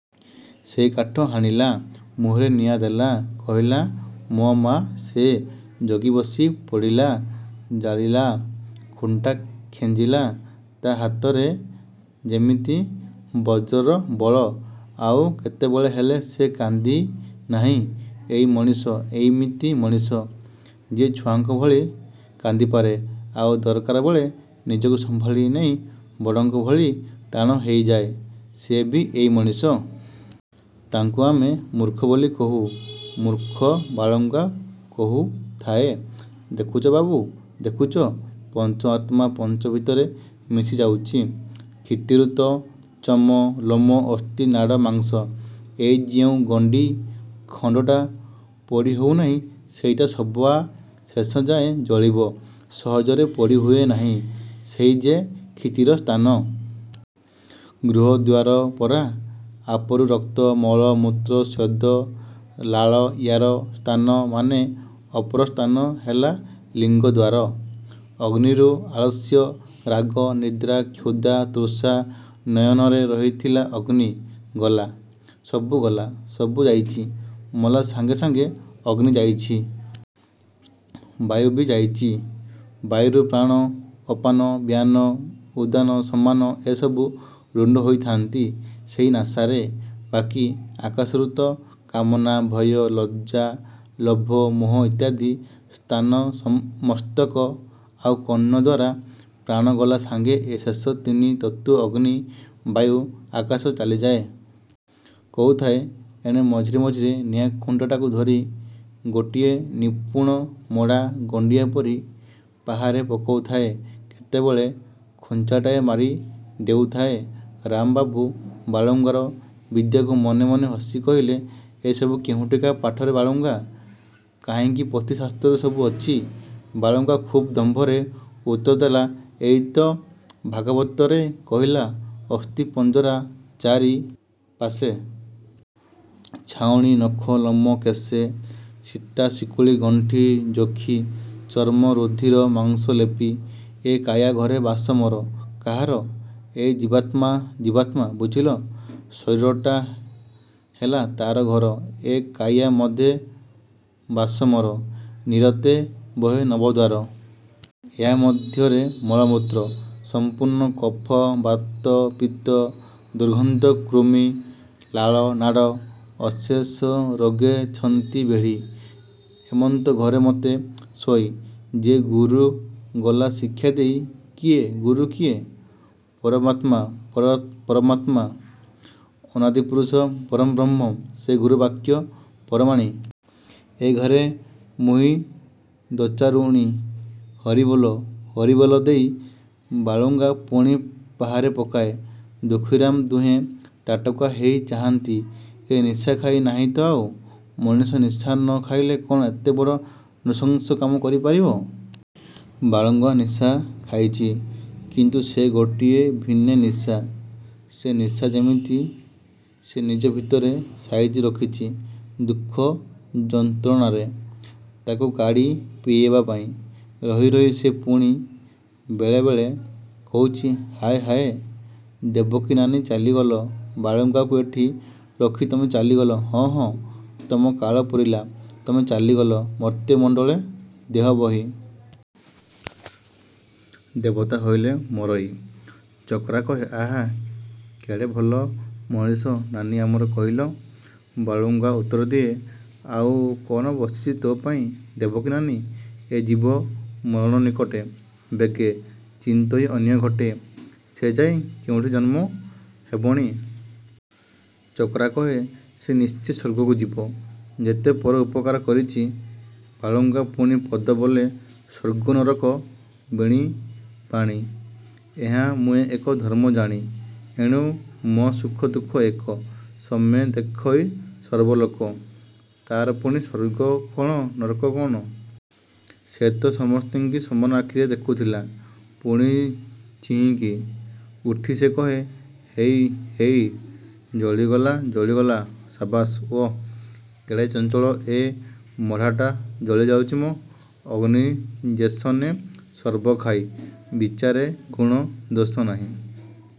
ସେଇ କାଠ ହାଣିଲା। ମୁହଁରେ ନିଆଁ ଦେଲା। କହିଲା ମୋ ମା ସେ। ଜଗିବସି ପୋଡ଼ିଲା ଜାଲିଲା ଖୁଣ୍ଟା ଖେଞ୍ଚିଲା। ତା' ହାତରେ ଯେମିତି ବଜ୍ରର ବଳ। ଆଉ କେତେବେଳେ ହେଲେ ସେ କାନ୍ଦି ନାହିଁ। ଏଇ ମଣିଷ। ଏଇମିତି ମଣିଷ। ଯିଏ ଛୁଆଙ୍କ ଭଳି କାନ୍ଦିପାରେ; ଆଉ ଦରକାରବେଳେ ନିଜକୁ ସମ୍ଭାଳି ନେଇ ବଡ଼ଙ୍କ ଭଳି ଟାଣ ହେଇଯାଏ ସେ ବି ଏଇ ମଣିଷ। ତାଙ୍କୁ ଆମେ ମୂର୍ଖ ବୋଲି କହୁ। ମୂର୍ଖ ବାଳୁଙ୍ଗା କହୁଥାଏ ''ଦେଖୁଛ ବାବୁ ଦେଖୁଛ ପଞ୍ଚ ଆତ୍ମା ପଞ୍ଚ ଭିତରେ ମିଶିଯାଉଚି। କ୍ଷିତିରୁ ତ ଚମ, ଲୋମ, ଅସ୍ଥି, ନାଡ଼, ମାଂସ। ଏଇ ଯେଉଁ ଗଣ୍ଡି ଖଣ୍ଡଟା ପୋଡ଼ି ହଉ ନାହିଁ ସେଇଟା ସବା ଶେଷଯାଏଁ ଜଳିବ ସହଜରେ ପୋଡ଼ି ହୁଏ ନାହିଁ ସେଇ ଯେ କ୍ଷିତିର ସ୍ଥାନ। ଗୁହ୍ୟ ଦ୍ୱାର ପରା! ଆପରୁ ରକ୍ତ, ମଳ, ମୂତ୍ର, ସ୍ୱେଦ, ଲାଳ ୟାର ସ୍ଥାନ, ମାନେ ଅପର ସ୍ଥାନ ହେଲା ଲିଙ୍ଗଦ୍ୱାର। ଅଗ୍ନିରୁ ଆଳସ୍ୟ, ରାଗ, ନିଦ୍ରା, କ୍ଷୁଧା, ତୃଷା ନୟନରେ ରହିଥିଲା ଅଗ୍ନି। ଗଲା । ସବୁ ଗଲା। ସବୁ ଯାଇଚି। ମଲା ସାଙ୍ଗେ ସାଙ୍ଗେ ଅଗ୍ନି ଯାଇଛି। ବାୟୁବି ଯାଇଚି । ବାୟୁରୁ ପ୍ରାଣ, ଅପାନ, ବ୍ୟାନ, ଉଦାନ ସମାନ ଏ ସବୁ ରୁଣ୍ଡ ହୋଇଥାନ୍ତି ସେଇ ନାସାରେ। ବାକି ଆକାଶରୁ ତ କାମନା, ଭୟ, ଲଜ୍ଜା, ଲୋଭ, ମୋହ ଇତ୍ୟାଦି–ସ୍ଥାନ ମସ୍ତକ ଆଉ କର୍ଣ୍ଣ ଦ୍ୱାର । ପ୍ରାଣ ଗଲା ସାଙ୍ଗେ ଏ ଶେଷ ତିନି ତତ୍ତ୍ୱ ଅଗ୍ନି ବାୟୁ ଆକାଶ ଚାଲିଯାଏ। କହୁଥାଏ, ଏଣେ ମଝିରେ ମଝିରେ ନିଆଁ ଖୁଣ୍ଟାଟାକୁ ଧରି ଗୋଟିଏ ନିପୁଣ ମଡ଼ା ଗଣ୍ଡିଆ ପରି ପାହାରେ ପକଉଥାଏ, କେତେବେଳେ ଖୁଞ୍ଚାଟାଏ ମାରି ଦେଉଥାଏ। ରାମବାବୁ ବାଳୁଙ୍ଗାର ବିଦ୍ୟାକୁ ମନେ ମନେ ହସି କହିଲେ ''ଏ ସବୁ କେଉଁଠିକା ପାଠରେ ବାଳୁଙ୍ଗା। '' ''କାହିଁକି ପୋଥି ଶାସ୍ତ୍ରରେ ସବୁ ଅଛି'' ବାଳୁଙ୍ଗା ଖୁବ୍ ଦମ୍ଭରେ ଉତ୍ତର ଦେଲା ଏଇ ତ ଭାଗବତରେ କହିଲା ଅସ୍ଥିପଞ୍ଜରା ଚାରିପାଶେ। ଛାଉଣୀ ନଖ ଲୋମ କେଶେ। ଶିତ୍ତା ଶିକୁଳି ଗଣ୍ଠି ଯୋଖି। ଚର୍ମ ରୁଧିର ମାଂସ ଲେପି। ଏ କାୟା ଘରେ ବାସ ମୋର ''କାହାର? ଏଇ ଜୀବାତ୍ମା ଜୀବାତ୍ମା। ବୁଝିଲ? ଶରୀରଟା। ହେଲା ତା'ର ଘର। ଏ କାୟା ମଧ୍ୟେ ବାସ ମୋର। ନିରତେ ବହେ ନବଦ୍ୱାର। ଏହା ମଧ୍ୟରେ ମଳ ମୂତ୍ର। ସମ୍ପୂର୍ଣ୍ଣ କଫ ବାତ ପିତ୍ତ। ଦୁର୍ଗନ୍ଧ କୃମି ଲାଳ ନାଡ଼। ଅଶେଷ ରୋଗେ ଛନ୍ତି ବେଢ଼ି। ଏମନ୍ତ ଘରେ ମୋତେ ଶୋଇ। ଯେ ଗୁରୁ ଗଲା ଶିକ୍ଷାଦେଇ। କିଏ? ଗୁରୁ କିଏ? ପରମାତ୍ମା, ପରମାତ୍ମା ଅନାଦିପୁରୁଷ ପରଂବ୍ରହ୍ମ! ''ସେ ଗୁରୁ ବାକ୍ୟ ପରମାଣି। ଏ ଘରେ ମୁହିଁ ଦୋଚାରୁଣୀ। ହରିବୋଲ! '' ହରିବୋଲ ଦେଇ ବାଳୁଙ୍ଗା ପୁଣି ପାହାରେ ପକାଏ। ଦୁଃଖୀ ରାମ ଦୁହେଁ ତାଟକା ହେଇ ଚାହାଁନ୍ତି। ଏ ନିଶା ଖାଇ ନାହିଁ ତ ଆଉ। ମଣିଷ ନିଶା ନ ଖାଇଲେ କ'ଣ ଏଡ଼େ ବଡ଼ ନୃଶଂସ କାମ କରି ପାରିବ? ବାଳୁଙ୍ଗା ନିଶା ଖାଇଛି। କିନ୍ତୁ ସେ ଗୋଟିଏ ଭିନେ ନିଶା। ସେ ନିଶା ଯେମିତି ସେ ନିଜ ଭିତରେ ସାଇତି ରଖିଚି ଦୁଃଖ ଯନ୍ତ୍ରଣାରେ ତାକୁ କାଢ଼ି ପିଇବାପାଇଁ। ରହି ରହି ସେ ପୁଣି ବେଳେବେଳେ କହୁଛି ''ହାୟ ହାୟ ଦେବକୀ ନାନୀ ଚାଲିଗଲ ବାଳୁଙ୍ଗାକୁ ଏଠି ରଖି ତମେ ଚାଲିଗଲ ହଁ ହଁ ତମ କାଳ ପୂରିଲା ତମେ ଚାଲିଗଲ ମର୍ତ୍ତ୍ୟମଣ୍ଡଳେ ଦେହବହି। ଦେବତା ହୋଇଲେ ମରଇ। ଚକରା କହେ ''ଆଃ କେଡ଼େ ଭଲ ମଣିଷ ନାନୀ ଆମର କହିଲ। '' ବାଳୁଙ୍ଗା ଉତ୍ତର ଦିଏ''ଆଉ କ'ଣ ବସିଚି ତୋପାଇଁ ଦେବକୀ ନାନୀ ଏ ଜୀବ ମରଣ ନିକଟେ ବେଗେ। ଚିନ୍ତଇ ଅନ୍ୟ ଘଟେ। ସେ ଯାଇ କେଉଁଠି ଜନ୍ମ ହେବଣି। '' ଚକରା କହେ ''ସେ ନିଶ୍ଚେ ସ୍ୱର୍ଗକୁ ଯିବ ଯେତେ ପର ଉପକାର କରିଛି। '' ବାଳୁଙ୍ଗା ପୁଣି ପଦ ବୋଲେ''ସ୍ୱର୍ଗ ନରକ ବେନିବାଣୀ। ଏହା ମୁଁ ଏକ ଧର୍ମ ଜାଣି। '' ଏଣୁ ମୋ ସୁଖ ଦୁଃଖ ଏକ। ସମେ ଦେଖଇ ସର୍ବଲୋକ। '' ''ତା'ର ପୁଣି ସ୍ୱର୍ଗ କ'ଣ ନର୍କ କ'ଣ। ସେ ତ ସମସ୍ତିଙ୍କି ସମାନ ଆଖିରେ ଦେଖୁଥିଲା। '' ପୁଣି ଚିହିଁକି ଉଠି ସେ କହେ ''ହେଇ ହେଇ ଜଳିଗଲା ଜଳିଗଲା ସାବାସ୍! ଓଃ କେଡ଼େ ଚଞ୍ଚଳ ଏ ମଢ଼ାଟା ଜଳି ଯାଉଚି ମ! ଅଗ୍ନି ଯେସନେ ସର୍ବ ଖାଇ। ବିଚାରେ ଗୁଣ ଦୋଷ ନାହିଁ।